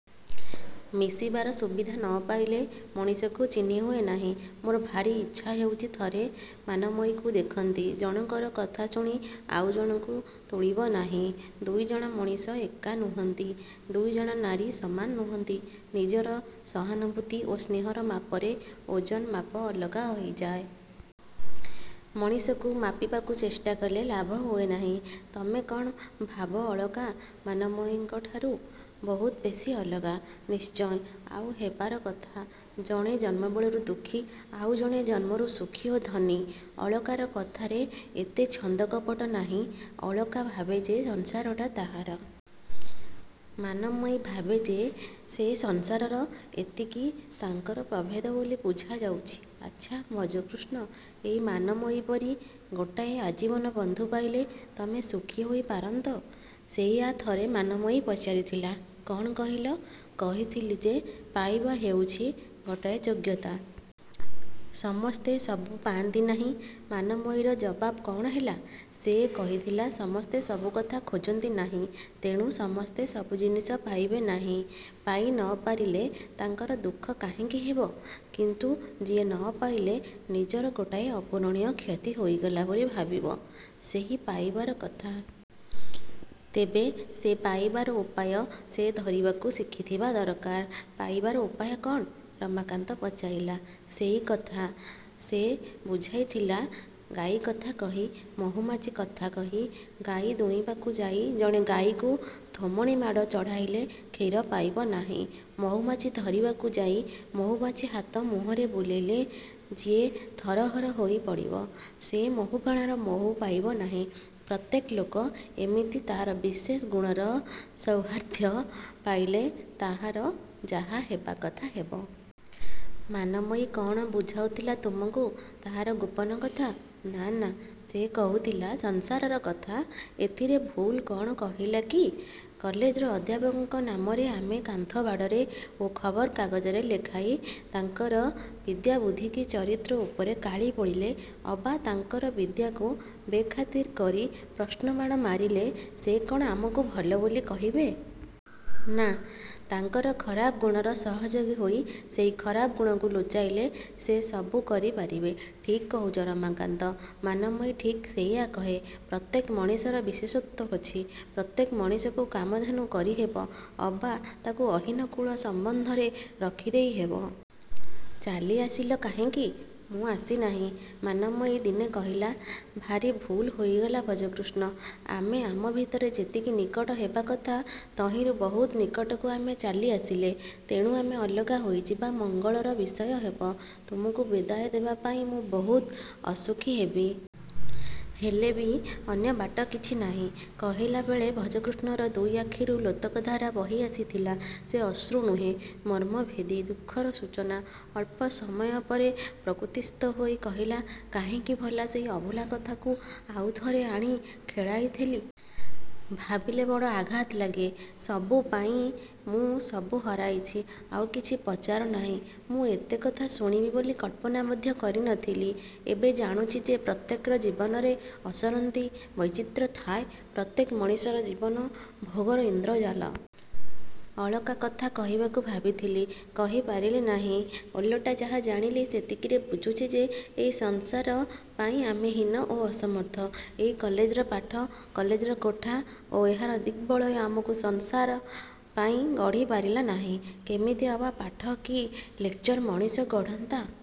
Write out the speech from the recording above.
ମିଶିବାର ସୁବିଧା ନ ପାଇଲେ ମଣିଷକୁ ଚିହ୍ନିହୁଏ ନାହିଁ। -ମୋର ଭାରି ଇଛା ହେଉଛି ଥରେ ମାନମୟୀକୁ ଦେଖନ୍ତି। -ଜଣକର କଥାଶୁଣି ଆଉ ଜଣକୁ ତୁଳିବ ନାହିଁ। ଦୁଇଜଣ ମଣିଷ ଏକା ନୁହଁନ୍ତି। ଦୁଇଜଣ ନାରୀ ସମାନ ନୁହଁନ୍ତି। ନିଜର ସହାନୁଭୂତି ଓ ସ୍ନେହର ମାପରେ ଓଜନ ମାପ ଅଲଗା ହେଇଯାଏ। ମଣିଷକୁ ମାପିବାକୁ ଚେଷ୍ଟାକଲେ ଲାଭ ହୁଏ ନାହିଁ। -ତମେ କ'ଣ ଭାବ ଅଳକା ମାନମୟୀଠାରୁ ବହୁତ ବେଶୀ ଅଲଗା? -ନିଶ୍ଚୟ! ଆଉ ହେବାର କଥା। ଜଣେ ଜନ୍ମବେଳରୁ ଦୁଃଖୀ। ଆଉ ଜଣେ ଜନ୍ମରୁ ସୁଖୀ ଓ ଧନୀ। ଅଳକାର କଥାରେ ଏତେ ଛନ୍ଦକପଟ ନାହିଁ। ଅଳକା ଭାବେ ଯେ ସଂସାରଟା ତାହାର। ମାନମୟୀ ଭାବେ ଯେ ସେ ସଂସାରର-ଏତିକି ତାଙ୍କର ପ୍ରଭେଦ ବୋଲି ବୁଝା ଯାଉଛି। -ଆଛା, ଭଜକୃଷ୍ଣ, ଏଇ ମାନମୟୀ ପରି ଗୋଟାଏ ଆଜୀବନ ବନ୍ଧୁ ପାଇଲେ ତମେ ସୁଖୀ ହୋଇ ପାରନ୍ତ? -ସେଇଆ ଥରେ ମାନମୟୀ ପଚାରିଥିଲା। -କ'ଣ କହିଲ? -କହିଥିଲି ଯେ ପାଇବା ହେଉଛି ଗୋଟାଏ ଯୋଗ୍ୟତା। ସମସ୍ତେ ସବୁ ପାଆନ୍ତି ନାହିଁ। -ମାନମୟୀର ଜବାବ କ'ଣ ହେଲା? -ସେ କହିଥିଲା ସମସ୍ତେ ସବୁକଥା ଖୋଜନ୍ତି ନାହିଁ। ତେଣୁ ସମସ୍ତେ ସବୁ ଜିନିଷ ପାଇବେ ନାହିଁ। ପାଇ ନ ପାରିଲେ ତାଙ୍କର ଦୁଃଖ କାହିଁକି ହେବ? କିନ୍ତୁ ଯିଏ ନ ପାଇଲେ ନିଜର ଗୋଟାଏ ଅପୂରଣୀୟ କ୍ଷତି ହୋଇଗଲା ବୋଲି ଭାବିବ-ସେହି ପାଇବାର କଥା। ତେବେ ପାଇବାର ଉପାୟ ସେ ଧରିବାକୁ ଶିଖିଥିବା ଦରକାର। -ପାଇବାର ଉପାୟ କ'ଣ? -ରମାକାନ୍ତ ପଚାରିଲା। -ସେଇ କଥା ସେ ବୁଝାଇଥିଲା ଗାଈକଥା କହି-ମହୁମାଛି କଥା। କହି। ଗାଈ ଦୁହିଁବାକୁ ଯାଇ ଜଣେ ଗାଈକୁ ଥୋମଣିମାଡ଼ ଚଢ଼ାଇଲେ କ୍ଷୀର ପାଇବ ନାହିଁ। ମହୁମାଛି ଧରିବାକୁ ଯାଇ ମହୁମାଛି ହାତ ମୁହଁରେ ବୁଲିଲେ ଯିଏ ଥରହର ହୋଇ ପଡ଼ିବ, ସେ ମହୁଫେଣାର ମହୁ ପାଇବ ନାହିଁ ପ୍ରତ୍ୟେକ ଲୋକ ଏମିତି ତାହାର ବିଶେଷ ଗୁଣର ସୌହାର୍ଦ୍ଦ୍ୟ ପାଇଲେ ତାହାର ଯାହା ହେବା କଥା ହେବ। -ମାନମୟୀ କ'ଣ ବୁଝାଉଥିଲା ତୁମକୁ ତାହାର ଗୋପନ କଥା? -ନା-ନା। ସେ କହୁଥିଲା ସଂସାରର କଥା। ଏଥିରେ ଭୁଲ କ'ଣ କହିଲା କି? କଲେଜର ଅଧ୍ୟାପକଙ୍କ ନାମରେ ଆମେ କାନ୍ଥବାଡ଼ରେ ଓ ଖବର କାଗଜରେ ଲେଖାଇ ତାଙ୍କର ବିଦ୍ୟାବୁଦ୍ଧି କି ଚରିତ୍ର ଉପରେ କାଳି ବୋଳିଲେ ଅବା ତାଙ୍କର ବିଦ୍ୟାକୁ ବେଖାତିର କରି ପ୍ରଶ୍ନବାଣ ମାରିଲେ ସେ କ'ଣ ଆମକୁ ଭଲ ବୋଲି କହିବେ? -ନା, ତାଙ୍କର ଖରାପ ଗୁଣର ସହଯୋଗୀ ହୋଇ ସେହି ଖରାପ ଗୁଣକୁ ଲୁଚାଇଲେ ସେ ସବୁ କରି ପାରିବେ। -ଠିକ୍ କହୁଛ, ରମାକାନ୍ତ। ମାନମୟୀ ଠିକ୍ ସେଇଆ କହେ। ପ୍ରତ୍ୟେକ ମଣିଷର ବିଶେଷତ୍ୱ ଅଛି। ପ୍ରତ୍ୟେକ ମଣିଷକୁ କାମଧେନୁ କରିହେବ ଅବା ତା'କୁ ଅହି-ନକୁଳ ସମ୍ୱନ୍ଧରେ ରଖିଦେଇ ହେବ। -ଚାଲି ଆସିଲ କାହିଁକି? -ମୁଁ ଆସି ନାହିଁ। ମାନମୟୀ ଦିନେ କହିଲା-ଭାରି ଭୁଲ ହୋଇଗଲା ଭଜକୃଷ୍ଣ। ଆମେ ଆମ ଭିତରେ ଯେତିକି ନିକଟ ହେବା କଥା ତହିଁରୁ ବହୁତ ନିକଟକୁ ଆମେ ଚାଲି ଆସିଲେ। ତେଣୁ ଆମେ ଅଲଗା ହୋଇଯିବା ମଙ୍ଗଳର ବିଷୟ ହେବ। ତୁମକୁ ବିଦାୟ ଦେବା ପାଇଁ ମୁଁ ବହୁତ ଅସୁଖୀ ହେବି। ହେଲେ ବି ଅନ୍ୟ ବାଟ କିଛି ନାହିଁ। କହିଲା ବେଳେ ଭଜକୃଷ୍ଣର ଦୁଇ ଆଖିରୁ ଲୋତକଧାରା ବହି ଆସିଥିଲା। ସେ ଅଶ୍ରୁ ନୁହେଁ-ମର୍ମଭେଦୀ ଦୁଃଖର ସୂଚନା। ଅଳ୍ପ ସମୟ ପରେ ପ୍ରକୃତିସ୍ଥ ହୋଇ କହିଲା-କାହିଁକି ଭଲା ସେଇ ଅଭୁଲା କଥାକୁ ଆଉ ଥରେ ଆଣି ଖେଳାଇ ଦେଲି। ଭାବିଲେ ବଡ଼ ଆଘାତ ଲାଗେ। ସବୁ ପାଇ ମୁଁ ସବୁ ହରାଇଛି। ଆଉ କିଛି ପଚାର ନାହିଁ-। ମୁଁ ଏତେ କଥା ଶୁଣିବି ବୋଲି କଳ୍ପନା ମଧ୍ୟ କରି ନ ଥିଲି। ଏବେ ଜାଣୁଛି ଯେ ପ୍ରତ୍ୟେକର ଜୀବନରେ ଅସରନ୍ତି ବୈଚିତ୍ର୍ୟ ଥାଏ। ପ୍ରତ୍ୟେକ ମଣିଷର ଜୀବନ ଭୋଗର ଇନ୍ଦ୍ରଜାଲ-। ଅଳକା କଥା କହିବାକୁ ଭାବିଥିଲି। କହି ପାରିଲି ନାହିଁ। ଓଲଟି ଯାହା ଜାଣିଲି ସେତିକିରେ ବୁଝୁଛି ଯେ ଏଇ ସଂସାର ପାଇଁ ଆମେ ହୀନ ଓ ଅସମର୍ଥ। ଏଇ କଲେଜର ପାଠ, କଲେଜର କୋଠା ଓ ଏହାର ଦିଗ୍ବଳୟ ଆମକୁ ସଂସାର ପାଇଁ ଗଢ଼ି ପାରିଲା ନାହିଁ। -କେମିତି ଅବା ପାଠ କି ଲେକଚର ମଣିଷ ଗଢ଼ନ୍ତା?